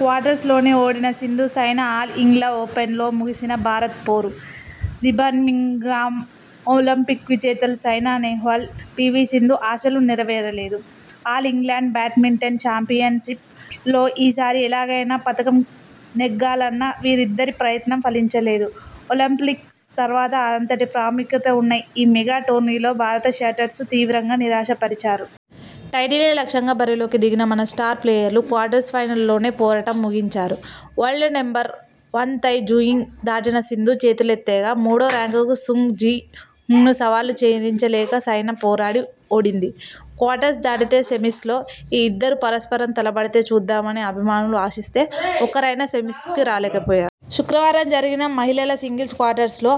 క్వార్టర్స్లోనే ఓడిన Sindhu, Saina all England ఓపెన్లో ముగిసిన భారత పోరు జీబర్మింగ్హామ్ ఒలింపిక్ విజేతలు సైనా నెహ్వాల్, పీవీ సింధు ఆశలు నెరవేరలేదు. ఆల్ ఇంగ్లండ్ బ్యాడ్మింటన్ ఛాంపియన్షిప్ లో ఈ సారి ఎలాగైనా పతకం నెగ్గాలన్న వీరిద్దరి ప్రయత్నం ఫలించలేదు. ఒలింపిక్స్ తర్వాత అంతటి ప్రాముఖ్యత ఉన్న ఈ మెగా టోర్నీలో భారత షట్లర్లస్ తీవ్రంగా నిరాశ పరిచారు. టైటిలే లక్ష్యంగా బరిలోకి దిగిన మన స్టార్ ప్లేయర్లు క్వార్టర్ ఫైనల్ ల్లోనే పోరాటం ముగించారు. World number one Tai Tzu-ying ధాటికి సింధు చేతులెత్తేయగా మూడో ర్యాంకర్ సుంగ్ జి హ్యున్ను సవాల్ను ఛేదించలేక సైనా పోరాడి ఓడింది. క్వార్టర్ దాటితే సెమిస్ లో ఈ ఇద్దరు పరస్పరం తలపడితే చూద్దామని అభిమానులు ఆశిస్తే ఒక్కరైనా సెమిస్ కు రాలేకపోయారు. శుక్రవారం జరిగిన మహిళల సింగిల్స్ క్వార్టర్స్ లో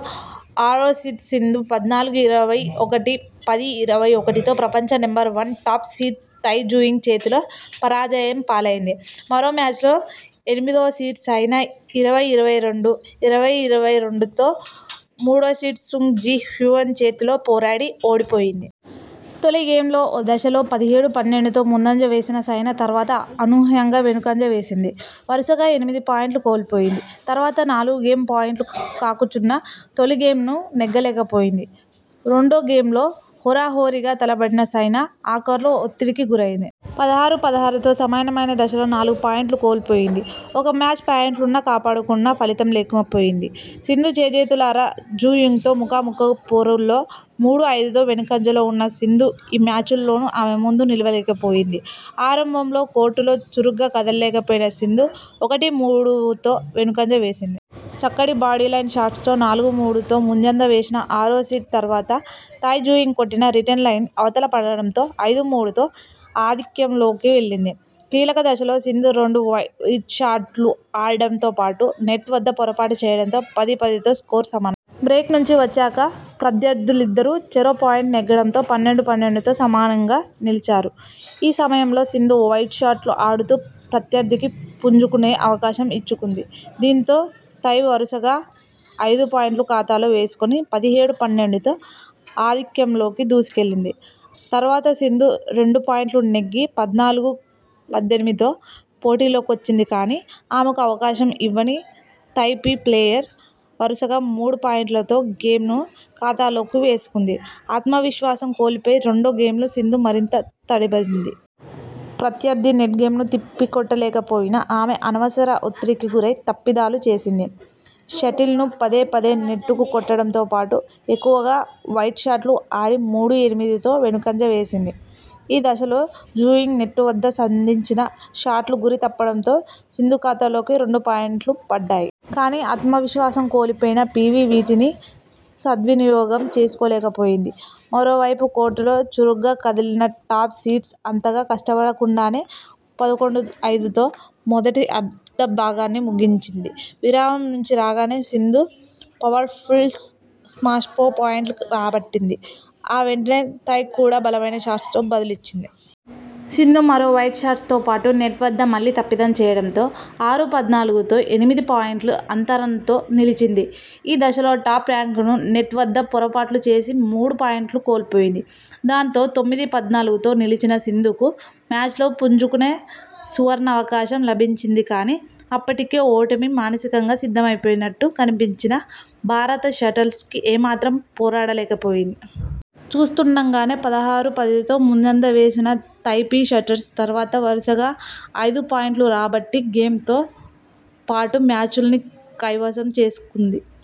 ఆరో సీడ్ సింధు పద్నాలుగు-ఇరవై ఒకటి, పది-ఇరవై ఒకటితో ప్రపంచ number one, top seed Tai Tzuying చేతిలో పరాజయం పాలైంది మరో మ్యాచ్లో ఎనిమిదో సీడ్ సైనా ఇరవై-ఇరవై రెండు, ఇరవై-ఇరవై రెండుతో మూడో సీడ్ సుంగ్ జి హ్యున్ చేతిలో పోరాడి ఓడిపోయింది. తొలి గేమ్లో ఓ దశలో పదిహేడు-పన్నెండుతో ముందంజ వేసిన సైనా తర్వాత అనూహ్యంగా వెనుకంజ వేసింది. వరుసగా ఎనిమిది పాయుంట్లు కోల్పోయింది. తర్వాత నాలుగు గేమ్ పాయింట్లు కాచుకున్నా తొలి గేమ్ ను నెగ్గలేకపోయింది. రెండో గేమ్లో హోరాహోరీగా తలపడిన సైనా ఆఖర్లో ఒత్తిడికి గురైంది. పదహారు-పదహారుతో సమమైన దశలో నాలుగు పాయింట్లు కోల్పోయింది. ఒక మ్యాచ్ పాయింట్ను కాపాడుకున్నా ఫలితం లేకపోయింది. సింధు చేజేతులా జు యింగ్తో ముఖాముఖీ పోరుల్లో మూడు-ఐదుతో వెనుకంజలో ఉన్న సింధు ఈ మ్యాచ్లోనూ ఆమె ముందు నిలువలేకపోయింది. ఆరంభంలో కోర్టులో చురుగ్గా కదల్లేకపోయిన సింధు ఒకటి-మూడుతో వెనుకంజ వేసింది. చక్కటి బాడీలైన్ షాట్తో నాలుగు-మూడుతో ముందంజ వేసిన ఆరోసీడ్ తర్వాత తై జయింగ్ కొట్టిన రిటర్న్ లైన్ అవతల పడడంతో ఐదు-మూడుతో ఆధిక్యంలోకి వెళ్లింది. కీలక దశలో సింధు రెండు వైడ్ షాట్లు ఆడడంతో పాటు నెట్ వద్ద పొరపాటు చేయడంతో పది-పదితో స్కోరు సమమైంది. బ్రేక్ నుంచి వచ్చాక ప్రత్యర్థులిద్దరూ చెరో పాయింట్ నెగ్గడంతో పన్నెండు-పన్నెండుతో సమానంగా నిలిచారు. ఈ సమయంలో సింధు వైడ్ షాట్లు ఆడుతూ ప్రత్యర్థికి పుంజుకునే అవకాశం ఎంచుకుంది. దీంతో తై వరుసగా ఐదు పాయింట్లు ఖాతాలో వేసుకొని పదిహేడు-పన్నెండుతో ఆధిక్యంలోకి దూసుకెళ్లింది. తర్వాత సింధు రెండు పాయింట్లు నెగ్గి పద్నాలుగు-పద్దెనిమిదితో పోటీలోకొచ్చింది కానీ, ఆమెకు అవకాశం ఇవ్వని తైపీ ప్లేయర్ వరుసగా మూడు పాయింట్లతో గేమ్ ను ఖాతాలో వేసుకుంది ఆత్మవిశ్వాసం కోల్పోయి రెండో గేమ్లో సింధు మరింత తడబడింది. ప్రత్యర్థి నెట్ గేమ్ ను తిప్పికొట్టలేకపోయిన ఆమె అనవసర ఒత్తిడికి గురై తప్పిదాలు చేసింది. షటిల్ను పదే పదే నెట్కు కొట్టడంతో పాటు ఎక్కువగా వైడ్ షాట్లు ఆడి మూడు-ఎనిమిదితో వెనుకంజ వేసింది ఈ దశలో జు యింగ్ నెట్ వద్ద సంధించిన షాట్లు గురి తప్పడంతో సింధు ఖాతాలో రెండు పాయింట్లు పడ్డాయి. కానీ, ఆత్మవిశ్వాసం కోల్పోయిన పీవీ వీటిని సద్వినియోగం చేసుకోలేకపోయింది. మరోవైపు కోర్టులో చురుగ్గా కదిలిన టాప్ సీడ్ అంతగా కష్టపడకుండానే పదకొండు-ఐదుతో మొదటి అర్ధ భాగాన్ని ముగించింది విరామం నుంచి రాగానే సింధు పవర్ఫుల్ స్మాష్తో పాయింట్ రాబట్టింది. ఆ వెంటనే తై కూడా బలమైన షాట్తో బదులిచ్చింది. సింధు మరో వైడ్ షాట్తో పాటు నెట్ వద్ద మళ్లీ తప్పిదం చేయడంతో ఆరు-పద్నాలుగుతో ఎనిమిది పాయుంట్ల అంతరంతో నిలిచింది ఈ దశలో టాప్ ర్యాంకర్ నెట్ వద్ద పొరపాట్లు చేసి మూడు పాయింట్లు కోల్పోయింది దాంతో తొమ్మిది-పద్నాలుగుతో నిలిచిన సింధుకు మ్యాచ్లో పుంజుకునే సువర్ణావకాశం లభించింది కానీ, అప్పటికే ఓటమికి మానసికంగా సిద్ధమైపోయినట్టు కనిపించిన భారత షట్లర్ ఏ మాత్రం పోరాడలేకపోయింది. చూస్తుండగానే పదహారు-పదితో ముందంజ వేసిన తైపీ షట్టర్స్ తర్వాత వరుసగా ఐదు పాయింట్లు రాబట్టి గేమ్ తో పాటు మ్యాచ్నూ కైవసం చేసుకుంది